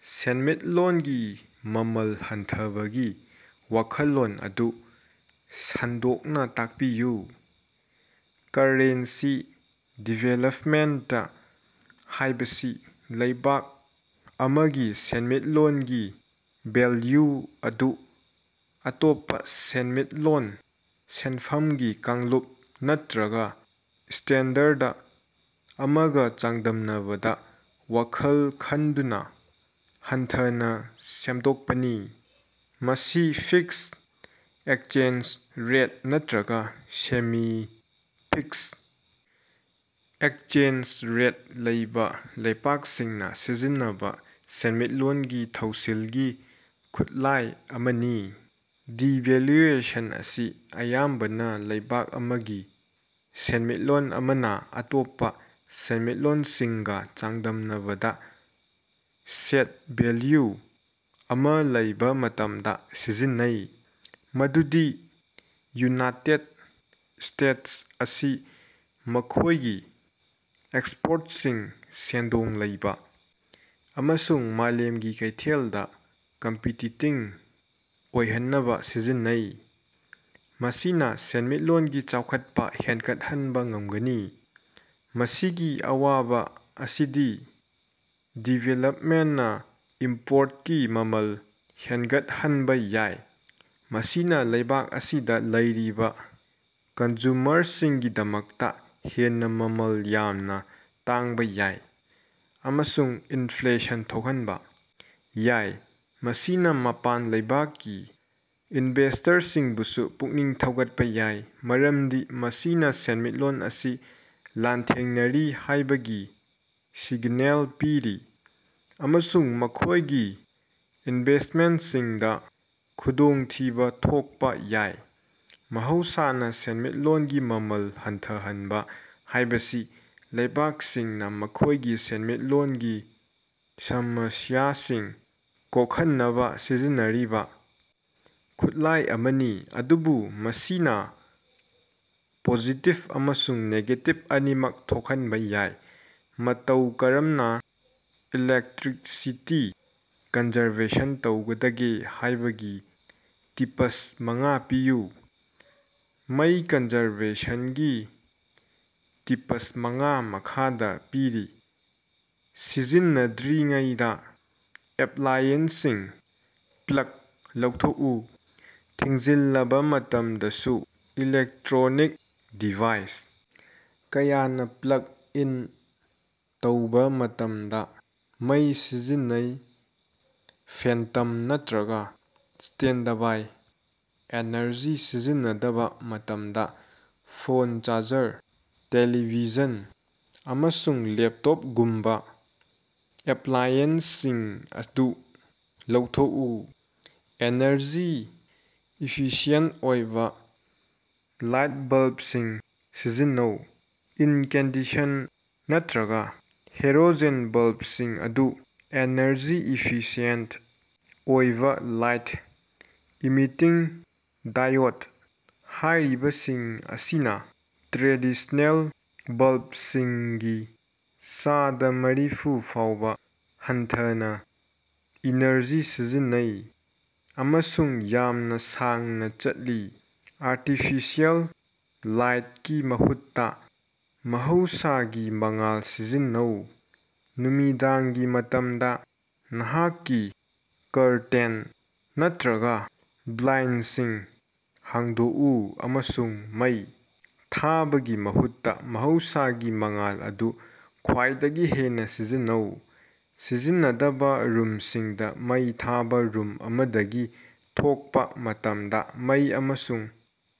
ꯁꯦꯟꯃꯤꯠꯂꯣꯟꯒꯤ ꯃꯃꯜ ꯍꯟꯊꯕꯒꯤ ꯋꯥꯈꯜꯂꯣꯟ ꯑꯗꯨ ꯁꯟꯗꯣꯛꯅ ꯇꯥꯛꯄꯤꯌꯨ꯫ ꯀꯔꯔꯦꯟꯁꯤ ꯗꯤꯚꯦꯂꯄꯃꯦꯟꯇ ꯍꯥꯏꯕꯁꯤ ꯂꯩꯕꯥꯛ ꯑꯃꯒꯤ ꯁꯦꯟꯃꯤꯠꯂꯣꯟꯒꯤ ꯚꯦꯜꯌꯨ ꯑꯗꯨ ꯑꯇꯣꯞꯄꯥ ꯁꯦꯟꯃꯤꯠꯂꯣꯟ, ꯁꯦꯟꯐꯝꯒꯤ ꯀꯥꯡꯂꯨꯞ ꯅꯠꯇ꯭ꯔꯒ ꯁ꯭ꯇꯦꯟꯗꯔꯗ ꯑꯃꯒꯥ ꯆꯥꯡꯗꯝꯅꯕꯗꯥ ꯋꯥꯈꯜ ꯈꯟꯗꯨꯅꯥ ꯍꯟꯊꯅꯥ ꯁꯦꯝꯗꯣꯛꯄꯅꯤ꯫ ꯃꯁꯤ ꯐꯤꯛꯁ ꯑꯦꯛꯁꯆꯦꯟꯖ ꯔꯦꯠ ꯅꯠꯇ꯭ꯔꯒ ꯁꯦꯃꯤ-ꯐꯤꯛꯁ ꯑꯦꯛꯁꯆꯦꯟꯖ ꯔꯦꯠ ꯂꯩꯕ ꯂꯩꯕꯥꯛꯁꯤꯡꯅꯥ ꯁꯤꯖꯤꯟꯅꯕ ꯁꯦꯟꯃꯤꯠꯂꯣꯟꯒꯤ ꯊꯧꯁꯤꯜꯒꯤ ꯈꯨꯠꯂꯥꯏ ꯑꯃꯅꯤ꯫ ꯗꯤꯚꯦꯜꯌꯨꯑꯦꯁꯟ ꯑꯁꯤ ꯑꯌꯥꯝꯕꯅꯥ ꯂꯩꯕꯥꯛ ꯑꯃꯒꯤ ꯁꯦꯟꯃꯤꯠꯂꯣꯟ ꯑꯃꯅꯥ ꯑꯇꯣꯞꯄꯥ ꯁꯦꯟꯃꯤꯠꯂꯣꯟꯁꯤꯡꯒꯥ ꯆꯥꯡꯗꯝꯅꯕꯗꯥ ꯁꯦꯠ ꯚꯦꯜꯌꯨ ꯑꯃꯥ ꯂꯩꯕ ꯃꯇꯝꯗꯥ ꯁꯤꯖꯤꯟꯅꯩ, ꯃꯗꯨꯗꯤ ꯌꯨꯅꯥꯏꯇꯦꯗ ꯁ꯭ꯇꯦꯠꯁ ꯑꯁꯤ ꯃꯈꯣꯏꯒꯤ ꯑꯦꯛꯁꯄꯣꯔꯇꯁꯤꯡ ꯁꯦꯟꯗꯣꯡ ꯂꯩꯕꯥ ꯑꯃꯁꯨꯡ ꯃꯥꯂꯦꯝꯒꯤ ꯀꯩꯊꯦꯜꯗꯥ ꯀꯝꯄꯤꯇꯤꯇꯤꯡ ꯑꯣꯏꯍꯟꯅꯕꯥ ꯁꯤꯖꯤꯟꯅꯩ꯫ ꯃꯁꯤꯅꯥ ꯁꯦꯟꯃꯤꯠꯂꯣꯟꯒꯤ ꯆꯥꯎꯈꯠꯄꯥ ꯍꯦꯟꯒꯠꯍꯟꯕ ꯉꯝꯒꯅꯤ꯫ ꯃꯁꯤꯒꯤ ꯑꯋꯥꯕꯥ ꯑꯁꯤꯗꯤ ꯗꯤꯚꯦꯂꯄꯃꯦꯟꯇꯅꯥ ꯏꯝꯄꯣꯔꯇꯀꯤ ꯃꯃꯜ ꯍꯦꯟꯒꯠꯍꯟꯕ ꯌꯥꯏ ꯫ ꯃꯁꯤꯅꯥ ꯂꯩꯕꯥꯛ ꯑꯁꯤꯗꯥ ꯂꯩꯔꯤꯕ ꯀꯟꯖꯨꯃꯔꯁꯤꯡꯒꯤꯗꯃꯛꯇꯥ ꯍꯦꯟꯅ ꯃꯃꯜ ꯌꯥꯝꯅ ꯇꯥꯡꯕ ꯌꯥꯏ, ꯑꯃꯁꯨꯡ ꯏꯟꯐ꯭ꯂꯦꯁꯟ ꯊꯣꯛꯍꯟꯕ ꯌꯥꯏ꯫ ꯃꯁꯤꯅꯥ ꯃꯄꯥꯟ ꯂꯩꯕꯥꯛꯀꯤ ꯏꯟꯚꯦꯁ꯭ꯇꯔꯁꯤꯡꯕꯨꯁꯨ ꯄꯨꯛꯅꯤꯡ ꯊꯧꯒꯠꯄꯥ ꯌꯥꯏ ꯃꯔꯝꯗꯤ ꯃꯁꯤꯅꯥ ꯁꯦꯟꯃꯤꯠꯂꯣꯟ ꯑꯁꯤ ꯂꯥꯟꯊꯦꯡꯅꯔꯤ ꯍꯥꯏꯕꯒꯤ ꯁꯤꯒꯅꯦꯜ ꯄꯤꯔꯤ, ꯑꯃꯁꯨꯡ ꯃꯈꯣꯏꯒꯤ ꯏꯟꯚꯦꯁ꯭ꯇꯃꯦꯟꯇꯁꯤꯡꯗꯥ ꯈꯨꯗꯣꯡꯊꯤꯕ ꯊꯣꯛꯄꯥ ꯌꯥꯏ꯫ ꯃꯍꯧꯁꯥꯅꯥ ꯁꯦꯟꯃꯤꯠꯂꯣꯟꯒꯤ ꯃꯃꯜ ꯍꯟꯊꯍꯟꯕ ꯍꯥꯏꯕꯁꯤ ꯂꯩꯕꯥꯛꯁꯤꯡꯅꯥ ꯃꯈꯣꯏꯒꯤ ꯁꯦꯟꯃꯤꯠꯂꯣꯟꯒꯤ ꯁꯃꯁ꯭ꯌꯥꯁꯤꯡ ꯀꯣꯛꯍꯟꯅꯕꯥ ꯁꯤꯖꯤꯟꯅꯔꯤꯕꯥ ꯈꯨꯠꯂꯥꯏ ꯑꯃꯅꯤ, ꯑꯗꯨꯕꯨ ꯃꯁꯤꯅꯥ ꯄꯣꯖꯤꯇꯤꯕ ꯑꯃꯁꯨꯡ ꯅꯦꯒꯦꯇꯤꯕ ꯑꯅꯤꯃꯛ ꯊꯣꯛꯍꯟꯕꯥ ꯌꯥꯏ꯫ ꯃꯇꯧ ꯀꯔꯝꯅꯥ ꯏꯂꯦꯛꯇ꯭ꯔꯤꯁꯤꯇꯤ ꯀꯟꯖꯔꯕꯦꯁꯟ ꯇꯧꯒꯗꯒꯦ ꯍꯥꯏꯕꯒꯤ ꯇꯤꯞꯁ ꯃꯉꯥ ꯄꯤꯌꯨ꯫ ꯃꯩ ꯀꯟꯖꯔꯕꯦꯁꯟꯒꯤ ꯇꯤꯞꯁ ꯃꯉꯥ ꯃꯈꯥꯗꯥ ꯄꯤꯔꯤ ꯁꯤꯖꯤꯟꯅꯗ꯭ꯔꯤꯉꯩꯗꯥ ꯑꯦꯞꯂꯥꯏꯑꯦꯟꯁꯁꯤꯡ ꯄ꯭ꯂꯒ ꯂꯧꯊꯣꯛꯎ ꯊꯤꯡꯖꯤꯜꯂꯕꯥ ꯃꯇꯝꯗꯁꯨ ꯏꯂꯦꯛꯇ꯭ꯔꯣꯅꯤꯛ ꯗꯤꯚꯥꯏꯁ ꯀꯌꯥꯅꯥ ꯄ꯭ꯂꯒ ꯏꯟ ꯇꯧꯕ ꯃꯇꯝꯗꯥ ꯃꯩ ꯁꯤꯖꯤꯟꯅꯩ ꯐꯦꯟꯇꯝ ꯅꯠꯇ꯭ꯔꯒ ꯁ꯭ꯇꯦꯟꯗꯕꯥꯏ ꯑꯦꯅꯔꯖꯤ ꯁꯤꯖꯤꯟꯅꯗꯕꯥ ꯃꯇꯝꯗꯥ ꯐꯣꯟ ꯆꯥꯔꯖꯔ, ꯇꯦꯂꯤꯚꯤꯖꯟ, ꯑꯃꯁꯨꯡ ꯂꯦꯞꯇꯣꯄꯒꯨꯝꯕꯥ ꯑꯦꯞꯂꯥꯏꯑꯦꯟꯁꯁꯤꯡ ꯑꯗꯨ ꯂꯧꯊꯣꯛꯎ꯫ ꯑꯦꯅꯔꯖꯤ ꯏꯐꯤꯁꯤꯑꯦꯟꯇ ꯑꯣꯏꯕ ꯂꯥꯏꯠꯕꯜꯕꯁꯤꯡ ꯁꯤꯖꯤꯟꯅꯧ ꯏꯟꯀꯦꯟꯗꯦꯁꯟ ꯅꯠꯇ꯭ꯔꯒ ꯍꯦꯂꯣꯖꯦꯟ ꯕꯜꯕꯁꯤꯡ ꯑꯗꯨ ꯑꯦꯅꯔꯖꯤ ꯏꯐꯤꯁꯤꯑꯦꯟꯇ ꯑꯣꯏꯕ ꯂꯥꯏꯠ ꯏꯃꯤꯇꯤꯡ ꯗꯥꯏꯑꯣꯗ ꯍꯥꯏꯔꯤꯕꯁꯤꯡ ꯑꯁꯤꯅꯥ ꯇ꯭ꯔꯦꯗꯤꯁ꯭ꯅꯦꯜ ꯕꯜꯕꯁꯤꯡꯗꯒꯤ ꯆꯥꯗ ꯃꯔꯤꯐꯨ ꯐꯥꯎꯕ ꯍꯟꯊꯅꯥ ꯏꯅꯔꯖꯤ ꯁꯤꯖꯤꯟꯅꯩ ꯑꯃꯁꯨꯡ ꯌꯥꯝꯅ ꯁꯥꯡꯅꯥ ꯆꯠꯂꯤ꯫ ꯑꯥꯔꯇꯤꯐꯤꯁꯤꯑꯦꯜ ꯂꯥꯏꯠꯀꯤ ꯃꯍꯨꯠꯇꯥ ꯃꯍꯧꯁꯥꯒꯤ ꯃꯉꯥꯜ ꯁꯤꯖꯤꯟꯅꯧ ꯅꯨꯃꯤꯗꯥꯡꯒꯤ ꯃꯇꯝꯗꯥ ꯅꯍꯥꯛꯀꯤ ꯀꯔꯇꯦꯟ ꯅꯠꯇ꯭ꯔꯒꯥ ꯕ꯭ꯂꯥꯏꯟꯗꯁꯤꯡ ꯍꯥꯡꯗꯣꯛꯎ ꯑꯃꯁꯨꯡ ꯃꯩ ꯊꯥꯕꯒꯤ ꯃꯍꯨꯠꯇꯥ ꯃꯍꯧꯁꯥꯒꯤ ꯃꯉꯥꯜ ꯑꯗꯨ ꯈ꯭ꯋꯥꯏꯗꯒꯤ ꯍꯦꯟꯅꯥ ꯁꯤꯖꯤꯟꯅꯧ꯫ ꯁꯤꯖꯤꯟꯅꯗꯕꯥ ꯔꯨꯝꯁꯤꯡꯗꯥ ꯃꯩ ꯊꯥꯕꯥ ꯔꯨꯝ ꯑꯃꯗꯒꯤ ꯊꯣꯛꯄꯥ ꯃꯇꯝꯗꯥ ꯃꯩ ꯑꯃꯁꯨꯡ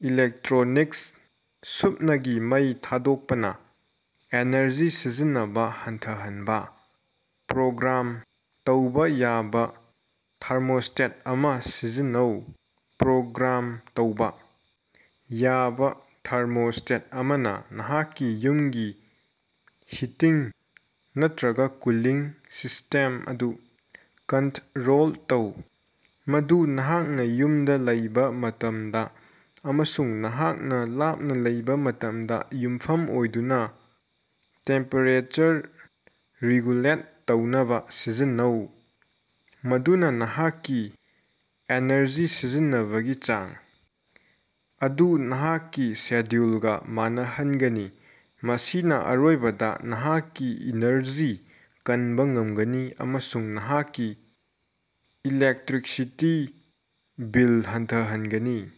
ꯏꯂꯦꯛꯇ꯭ꯔꯣꯅꯤꯛꯁ ꯁꯨꯞꯅꯒꯤ ꯃꯩ ꯊꯥꯗꯣꯛꯄꯅꯥ ꯑꯦꯅꯔꯖꯤ ꯁꯤꯖꯤꯟꯅꯕꯥ ꯍꯟꯊꯍꯟꯕꯥ꯫ ꯄ꯭ꯔꯣꯒ꯭ꯔꯥꯝ ꯇꯧꯕ ꯌꯥꯕ ꯊꯥꯔꯃꯣꯁ꯭ꯇꯦꯠ ꯑꯃꯥ ꯁꯤꯖꯤꯟꯅꯧ ꯄ꯭ꯔꯣꯒ꯭ꯔꯥꯝ ꯇꯧꯕ ꯌꯥꯕ ꯊꯥꯔꯃꯣꯁ꯭ꯇꯦꯠ ꯑꯃꯅꯥ ꯅꯍꯥꯛꯀꯤ ꯌꯨꯝꯒꯤ ꯍꯤꯇꯤꯡ ꯅꯠꯇ꯭ꯔꯒ ꯀꯨꯂꯤꯡ ꯁꯤꯁ꯭ꯇꯦꯝ ꯑꯗꯨ ꯀꯟꯇ꯭ꯔꯣꯜ ꯇꯧ꯫ ꯃꯗꯨ ꯅꯍꯥꯛꯅꯥ ꯌꯨꯝꯗꯥ ꯂꯩꯕ ꯃꯇꯝꯗꯥ ꯑꯃꯁꯨꯡ ꯅꯍꯥꯛꯅꯥ ꯂꯥꯞꯅꯥ ꯂꯩꯕ ꯃꯇꯝꯗꯥ ꯌꯨꯝꯐꯝ ꯑꯣꯏꯗꯨꯅꯥ ꯇꯦꯝꯄꯦꯔꯦꯆꯔ ꯔꯤꯒꯨꯂꯦꯠ ꯇꯧꯅꯕ ꯁꯤꯖꯤꯟꯅꯧ, ꯃꯗꯨꯅꯥ ꯅꯍꯥꯛꯀꯤ ꯑꯦꯅꯔꯖꯤ ꯁꯤꯖꯤꯟꯅꯕꯒꯤ ꯆꯥꯡ ꯑꯗꯨ ꯅꯍꯥꯛꯀꯤ ꯁꯦꯗ꯭ꯌꯨꯂꯒꯥ ꯃꯥꯟꯅꯍꯟꯒꯅꯤ꯫ ꯃꯁꯤꯅꯥ ꯑꯔꯣꯏꯕꯗꯥ ꯅꯍꯥꯛꯀꯤ ꯏꯅꯔꯖꯤ ꯀꯟꯕ ꯉꯝꯒꯅꯤ ꯑꯃꯁꯨꯡ ꯅꯍꯥꯛꯀꯤ ꯏꯂꯦꯛꯇ꯭ꯔꯤꯁꯤꯇꯤ ꯕꯤꯜ ꯍꯟꯊꯍꯟꯒꯅꯤ꯫